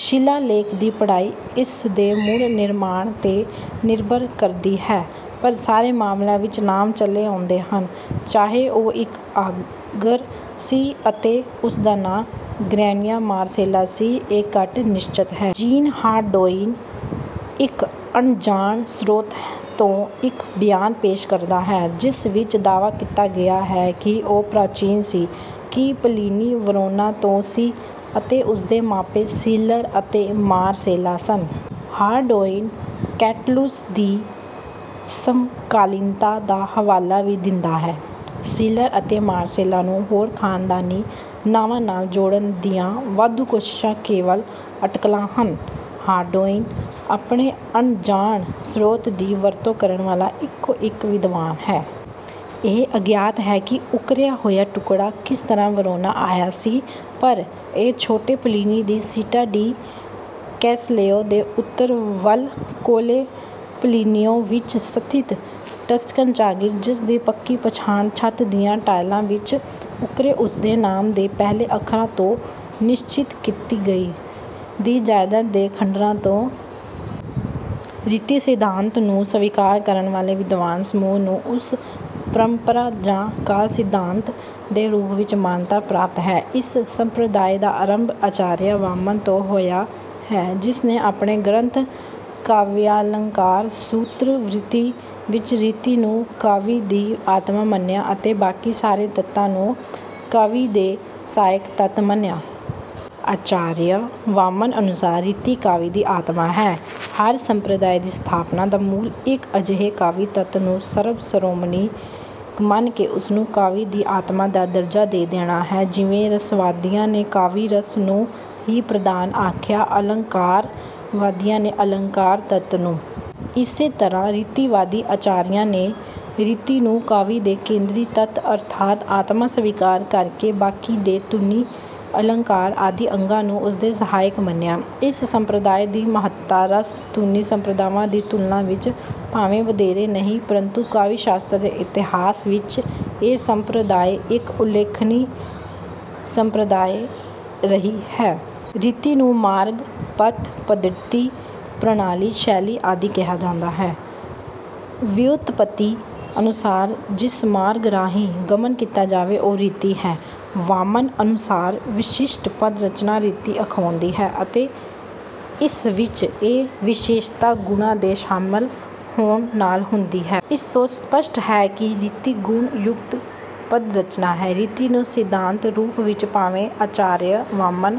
ਸ਼ਿਲਾਲੇਖ ਦੀ ਪੜ੍ਹਾਈ ਇਸ ਦੇ ਮੁੜ ਨਿਰਮਾਣ 'ਤੇ ਨਿਰਭਰ ਕਰਦੀ ਹੈ, ਪਰ ਸਾਰੇ ਮਾਮਲਿਆਂ ਵਿੱਚ ਨਾਮ ਚਲੇ ਆਉਂਦੇ ਹਨ। ਚਾਹੇ ਉਹ ਇੱਕ ਆਗਰ ਸੀ ਅਤੇ ਉਸ ਦਾ ਨਾਂ ਗ੍ਰੈਨੀਆ ਮਾਰਸੇਲਾ ਸੀ, ਇਹ ਘੱਟ ਨਿਸ਼ਚਤ ਹੈ। ਜੀਨ ਹਾਰਡੌਇਨ ਇੱਕ ਅਣਜਾਣ ਸ੍ਰੋਤ ਤੋਂ ਇੱਕ ਬਿਆਨ ਪੇਸ਼ ਕਰਦਾ ਹੈ, ਜਿਸ ਵਿੱਚ ਦਾਅਵਾ ਕੀਤਾ ਗਿਆ ਹੈ ਕਿ ਉਹ ਪ੍ਰਾਚੀਨ ਸੀ। ਕਿ ਪਲੀਨੀ ਵਰੋਨਾ ਤੋਂ ਸੀ ਅਤੇ ਉਸਦੇ ਮਾਪੇ ਸੀਲਰ ਅਤੇ ਮਾਰਸੇਲਾ ਸਨ। ਹਾਰਡੌਇਨ ਕੈਟਲੁਸ ਦੀ ਸਮਕਾਲੀਨਤਾ ਦਾ ਹਵਾਲਾ ਵੀ ਦਿੰਦਾ ਹੈ। ਸੀਲਰ ਅਤੇ ਮਾਰਸੇਲਾ ਨੂੰ ਹੋਰ ਖ਼ਾਨਦਾਨੀ ਨਾਵਾਂ ਨਾਲ ਜੋੜਨ ਦੀਆਂ ਵਾਧੂ ਕੋਸ਼ਿਸ਼ਾਂ ਕੇਵਲ ਅਟਕਲਾਂ ਹਨ। ਹਾਰਡੌਇਨ ਆਪਣੇ ਅਣਜਾਣ ਸਰੋਤ ਦੀ ਵਰਤੋਂ ਕਰਨ ਵਾਲਾ ਇੱਕੋ ਇੱਕ ਵਿਦਵਾਨ ਹੈ। ਇਹ ਅਗਿਆਤ ਹੈ ਕਿ ਉਕਰਿਆ ਹੋਇਆ ਟੁਕੜਾ ਕਿਸ ਤਰ੍ਹਾਂ ਵਰੋਨਾ ਆਇਆ ਸੀ। ਪਰ ਇਹ ਛੋਟੇ ਪਲੀਨੀ ਦੀ ਸੀਟਾ ਡੀ ਕੈਸਲੇਓ ਦੇ ਉੱਤਰ ਵੱਲ ਕੋਲੇ ਪਲੀਨੀਓ ਵਿੱਚ ਸਥਿਤ ਟਸਕਨ ਜਾਗੀਰ, ਜਿਸ ਦੀ ਪੱਕੀ ਪਛਾਣ ਛੱਤ ਦੀਆਂ ਟਾਇਲਾਂ ਵਿੱਚ ਉੱਕਰੇ ਉਸਦੇ ਨਾਮ ਦੇ ਪਹਿਲੇ ਅੱਖਰਾਂ ਤੋਂ ਨਿਸ਼ਚਿਤ ਕੀਤੀ ਗਈ, ਦੀ ਜਾਇਦਾਦ ਦੇ ਖੰਡਰਾਂ ਤੋਂ ਆਇਆ ਹੋ ਸਕਦਾ ਹੈ। ਰੀਤੀ ਸਿਧਾਂਤ ਨੂੰ ਸਵੀਕਾਰ ਕਰਨ ਵਾਲੇ ਵਿਦਵਾਨ ਸਮੂਹ ਨੂੰ ਉਸ ਪਰੰਪਰਾ ਜਾਂ ਕਾਲ ਸਿਧਾਂਤ ਦੇ ਰੂਪ ਵਿੱਚ ਮਾਨਤਾ ਪ੍ਰਾਪਤ ਹੈ। ਇਸ ਸੰਪ੍ਰਦਾਇ ਦਾ ਆਰੰਭ ਆਚਾਰੀਆ ਵਾਮਨ ਤੋਂ ਹੋਇਆ ਹੈ, ਜਿਸ ਨੇ ਆਪਣੇ ਗ੍ਰੰਥ ਕਾਵਿਯਾਲੰਕਾਰ ਸੂਤ੍ਰ ਵ੍ਰਿਤਿ ਵਿੱਚ ਰੀਤੀ ਨੂੰ ਕਾਵਿ ਦੀ ਆਤਮਾ ਮੰਨਿਆ ਅਤੇ ਬਾਕੀ ਸਾਰੇ ਤੱਤਾਂ ਨੂੰ ਕਾਵਿ ਦੇ ਸਹਾਇਕ ਤੱਤ ਮੰਨਿਆ। ਆਚਾਰੀਆ ਵਾਮਨ ਅਨੁਸਾਰ ਰੀਤੀ ਕਾਵਿ ਦੀ ਆਤਮਾ ਹੈ। ਹਰ ਸੰਪ੍ਰਦਾਇ ਦੀ ਸਥਾਪਨਾ ਦਾ ਮੂਲ ਇੱਕ ਅਜਿਹੇ ਕਾਵਿ ਤੱਤ ਨੂੰ ਸਰਬ ਸਰੋਮਣੀ ਮੰਨ ਕੇ ਉਸਨੂੰ ਕਾਵਿ ਦੀ ਆਤਮਾ ਦਾ ਦਰਜਾ ਦੇ ਦੇਣਾ ਹੈ। ਜਿਵੇਂ ਰਸਵਾਦੀਆਂ ਨੇ ਕਾਵਿ-ਰਸ ਨੂੰ ਹੀ ਪ੍ਰਧਾਨ ਆਖਿਆ, ਅਲੰਕਾਰਵਾਦੀਆਂ ਨੇ ਅਲੰਕਾਰ ਤੱਤ ਨੂੰ। ਇਸੇ ਤਰ੍ਹਾਂ ਰੀਤੀਵਾਦੀ ਆਚਾਰੀਆਂ ਨੇ ਰੀਤੀ ਨੂੰ ਕਾਵਿ ਦੇ ਕੇਂਦਰੀ ਤੱਤ ਅਰਥਾਤ ਆਤਮਾ ਸਵੀਕਾਰ ਕਰਕੇ ਬਾਕੀ ਦੇ ਧੁਨੀ, ਅਲੰਕਾਰ ਆਦਿ ਅੰਗਾਂ ਨੂੰ ਉਸਦੇ ਸਹਾਇਕ ਮੰਨਿਆ। ਇਸ ਸੰਪ੍ਰਦਾਇ ਦੀ ਮਹੱਤਤਾ ਰਸ, ਧੁਨੀ ਸੰਪ੍ਰਦਾਵਾਂ ਦੀ ਤੁਲਨਾ ਵਿੱਚ ਭਾਵੇਂ ਵਧੇਰੇ ਨਹੀਂ, ਪ੍ਰੰਤੂ ਕਾਵਿ-ਸ਼ਾਸਤਰ ਦੇ ਇਤਿਹਾਸ ਵਿੱਚ ਇਹ ਸੰਪ੍ਰਦਾਇ ਇੱਕ ਉਲੇਖਨੀ ਸੰਪ੍ਰਦਾਇ ਰਹੀ ਹੈ। ਰੀਤੀ ਨੂੰ ਮਾਰਗ, ਪਥ, ਪੱਧਤੀ, ਪ੍ਰਣਾਲੀ, ਸ਼ੈਲੀ ਆਦਿ ਕਿਹਾ ਜਾਂਦਾ ਹੈ। ਵਿਉਤਪੱਤੀ ਅਨੁਸਾਰ ਜਿਸ ਮਾਰਗ ਰਾਹੀਂ ਗਮਨ ਕੀਤਾ ਜਾਵੇ, ਉਹ ਰੀਤੀ ਹੈ। ਵਾਮਨ ਅਨੁਸਾਰ ਵਿਸ਼ਿਸ਼ਟ ਪਦ-ਰਚਨਾ ਰੀਤੀ ਅਖਵਾਉਂਦੀ ਹੈ ਅਤੇ ਇਸ ਵਿੱਚ ਇਹ ਵਿਸ਼ੇਸ਼ਤਾ ਗੁਣਾਂ ਦੇ ਸ਼ਾਮਲ ਹੋਣ ਨਾਲ ਹੁੰਦੀ ਹੈ। ਇਸ ਤੋਂ ਸਪੱਸ਼ਟ ਹੈ ਕਿ ਰੀਤੀ ਗੁਣ-ਯੁਕਤ ਪਦ ਰਚਨਾ ਹੈ। ਰੀਤੀ ਨੂੰ ਸਿਧਾਂਤ ਰੂਪ ਵਿੱਚ ਭਾਵੇਂ ਆਚਾਰਯ ਵਾਮਨ